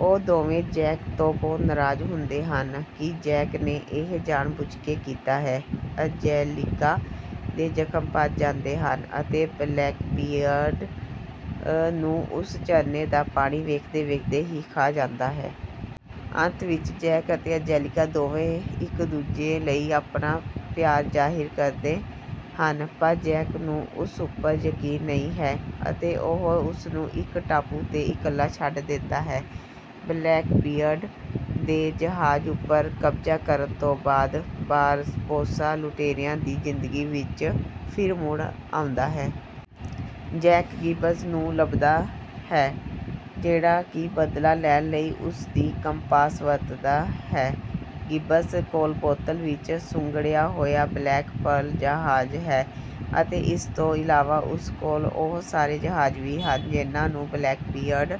ਓਹ ਦੋਵੇਂ ਜੈਕ ਤੋਂ ਬੋਤ ਨਰਾਜ਼ ਹੁੰਦੇ ਹਨ ਕਿ ਜੈਕ ਨੇ ਇਹ ਜਾਣ-ਬੁੱਝ ਕੇ ਕੀਤਾ ਹੈ। ਐਂਜੇਲੀਕਾ ਦੇ ਜ਼ਖ਼ਮ ਭਰ ਜਾਂਦੇ ਹਨ ਅਤੇ ਬਲੈਕਬੀਅਰਡ ਨੂੰ ਉਸ ਝਰਨੇ ਦਾ ਪਾਣੀ ਵੇਖਦੇ-ਵੇਖਦੇ ਹੀ ਖਾ ਜਾਂਦਾ ਹੈ। ਅੰਤ ਵਿੱਚ ਜੈਕ ਅਤੇ ਐਂਜੇਲੀਕਾ ਦੋਵੇਂ ਇੱਕ ਦੂਜੇ ਲਈ ਆਪਣਾ ਪਿਆਰ ਜ਼ਾਹਿਰ ਕਰਦੇ ਹਨ ਪਰ ਜੈਕ ਨੂੰ ਉਸ ਉੱਪਰ ਯਕੀਨ ਨਹੀਂ ਹੈ ਅਤੇ ਓਹ ਉਸਨੂੰ ਇੱਕ ਟਾਪੂ ਤੇ ਇਕੱਲਾ ਛੱਡ ਦਿੰਦਾ ਹੈ। ਬਲੈਕਬੀਅਰਡ ਦੇ ਜਹਾਜ਼ ਉੱਪਰ ਕਬਜ਼ਾ ਕਰਨ ਤੋਂ ਬਾਅਦ ਬਾਰਬੋਸਾ ਲੁਟੇਰਿਆਂ ਦੀ ਜ਼ਿੰਦਗੀ ਵਿੱਚ ਫਿਰ ਮੁੜ ਆਣ ਦਾ ਹੈ। ਜੈਕ ਗਿੱਬਸ ਨੂੰ ਲੱਭਦਾ ਹੈ, ਜਿਹੜਾ ਕਿ ਬਦਲਾ ਲੈਣ ਲਈ ਉਸਦੀ ਕੰਪਾਸ ਵਰਤਦਾ ਹੈ। ਗਿੱਬਸ ਕੋਲ ਬੋਤਲ ਵਿੱਚ ਸੁੰਗੜਿਆ ਹੋਇਆ ਬਲੈਕ ਪਰਲ ਜਹਾਜ਼ ਹੈ ਅਤੇ ਇਸ ਤੋਂ ਇਲਾਵਾ ਉਸ ਕੋਲ ਓਹ ਸਾਰੇ ਜਹਾਜ਼ ਵੀ ਹਨ ਜਿਹਨਾਂ ਨੂੰ ਬਲੈਕਬੀਅਰਡ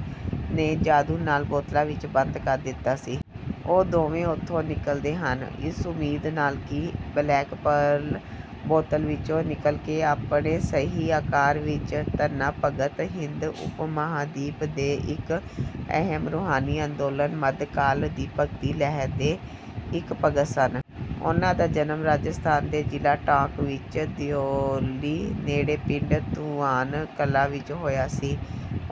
ਨੇ ਜਾਦੂ ਨਾਲ ਬੋਤਲਾਂ ਵਿੱਚ ਬੰਦ ਕਰ ਦਿੱਤਾ ਸੀ। ਓਹ ਦੋਵੇਂ ਉੱਥੋਂ ਨਿਕਲਦੇ ਹਨ, ਇਸ ਉਮੀਦ ਨਾਲ ਕਿ ਬਲੈਕ ਪਰਲ ਬੋਤਲ ਵਿੱਚੋਂ ਨਿਕਲ ਕੇ ਆਪਣੇ ਸਹੀ ਆਕਾਰ ਵਿੱਚ। ਧੰਨਾ ਭਗਤ ਹਿੰਦ ਉਪਮਹਾਦੀਪ ਦੇ ਇੱਕ ਅਹਿਮ ਰੂਹਾਨੀ ਅੰਦੋਲਨ ਮਧਕਾਲ ਦੀ ਭਗਤੀ ਲਹਿਰ ਦੇ ਇੱਕ ਭਗਤ ਸਨ। ਉਨ੍ਹਾਂ ਦਾ ਜਨਮ ਰਾਜਸਥਾਨ ਦੇ ਜਿਲਾ ਟਾਂਕ ਵਿੱਚ ਦਿਓਲੀ ਨੇੜੇ ਪਿੰਡ ਧੂਆਨ ਕਲਾਂ ਵਿੱਚ ਹੋਇਆ ਸੀ।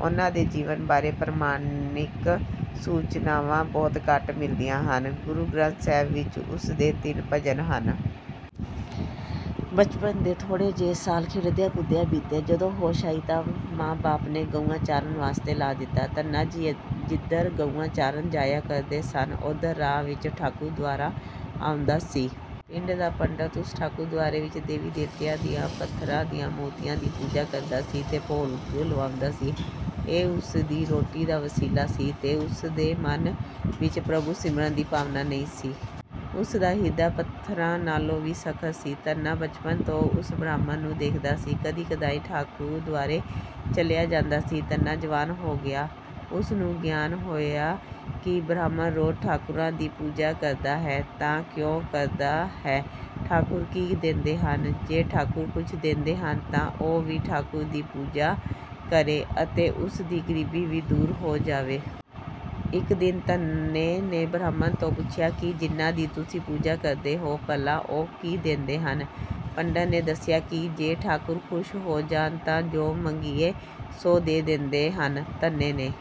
ਉਨ੍ਹਾਂ ਦੇ ਜੀਵਨ ਬਾਰੇ ਪ੍ਰਮਾਣਿਕ ਸੂਚਨਾਵਾਂ ਬੋਤ ਘੱਟ ਮਿਲਦੀਆਂ ਹਨ। ਗੁਰੂ ਗ੍ਰੰਥ ਸਾਹਿਬ ਵਿੱਚ ਉਸਦੇ ਤਿੰਨ ਭਜਨ ਹਨ। ਬਚਪਨ ਦੇ ਥੋੜੇ ਜਿਹੇ ਸਾਲ ਖੇਡਦਿਆਂ ਕੁਦਦਿਆਂ ਬੀਤੇ। ਜਦੋਂ ਹੋਸ਼ ਆਈ ਤਾਂ ਮਾ-ਬਾਪ ਨੇ ਗਊਆਂ ਚਾਰਨ ਵਾਸਤੇ ਲਾ ਦਿੱਤਾ। ਧੰਨਾ ਜੀ ਜਿੱਧਰ ਗਊਆਂ ਚਾਰਨ ਜਾਇਆ ਕਰਦੇ ਸਨ ਉਧਰ ਰਾਹ ਵਿੱਚ ਠਾਕਰ ਦੁਆਰਾ ਆਉਂਦਾ ਸੀ। ਪਿੰਡ ਦਾ ਪੰਡਤ ਉਸ ਠਾਕੁਰ ਦੁਆਰੇ ਵਿੱਚ ਦੇਵੀ-ਦੇਵਤਿਆਂ ਦੀਆਂ ਪੱਥਰ ਦੀਆਂ ਮੂਰਤੀਆਂ ਦੀ ਪੂਜਾ ਕਰਦਾ ਸੀ ਤੇ ਭੋਗ ਲਵਾਉਂਦਾ ਸੀ। ਇਹ ਉਸਦੀ ਰੋਟੀ ਦਾ ਵਸੀਲਾ ਸੀ ਤੇ ਉਸ ਦੇ ਮਨ ਵਿੱਚ ਪ੍ਰਭੂ ਸਿਮਰਨ ਦੀ ਭਾਵਨਾ ਨਹੀਂ ਸੀ। ਉਸ ਦਾ ਹਿਰਦਾ ਪੱਥਰਾ ਨਾਲੋਂ ਵੀ ਸਖਤ ਸੀ। ਧੰਨਾ ਬਚਪਨ ਤੋਂ ਓਸ ਬ੍ਰਾਹਮਣ ਨੂੰ ਦੇਖਦਾ ਸੀ, ਕਦੀ ਕਦਾਈਂ ਠਾਕੁਰ ਦੁਆਰੇ ਚਲਿਆ ਜਾਂਦਾ ਸੀ। ਧੰਨਾ ਜਵਾਨ ਹੋ ਗਿਆ ਉਸ ਨੂੰ ਗਿਆਨ ਹੋਇਆ ਕਿ ਬ੍ਰਾਹਮਣ ਰੋਜ਼ ਠਾਕਰਾਂ ਦੀ ਪੂਜਾ ਕਰਦਾ ਹੈ ਤਾਂ ਕਿਉ ਕਰਦਾ ਹੈ, ਠਾਕੁਰ ਕੀ ਦੇਂਦੇ ਹਨ ਜੇ ਠਾਕੁਰ ਕੁੱਝ ਦੇਂਦੇ ਹਨ ਤਾ ਓਹ ਵੀ ਠਾਕੁਰ ਦੀ ਪੂਜਾ ਕਰੇ ਅਤੇ ਉਸ ਦੀ ਗਰੀਬੀ ਵੀ ਦੂਰ ਹੋ ਜਾਵੇ। ਇੱਕ ਦਿਨ ਧੰਨੇ ਨੇ ਬ੍ਰਾਹਮਣ ਤੋਂ ਪੁੱਛਿਆ ਕਿ ਜਿਨ੍ਹਾਂ ਦੀ ਤੁਸੀ ਪੂਜਾ ਕਰਦੇ ਹੋ ਭਲਾ ਓਹ ਕੀ ਦੇਂਦੇ ਹਨ। ਪੰਡਤ ਨੇ ਦੱਸਿਆ ਕਿ ਜੇ ਠਾਕੁਰ ਖੁਸ਼ ਹੋ ਜਾਣ ਤਾ ਜੋ ਮੰਗੀਏ ਸੋ ਦੇ ਦੇਂਦੇ ਹਨ। ਧੰਨੇ ਨੇ...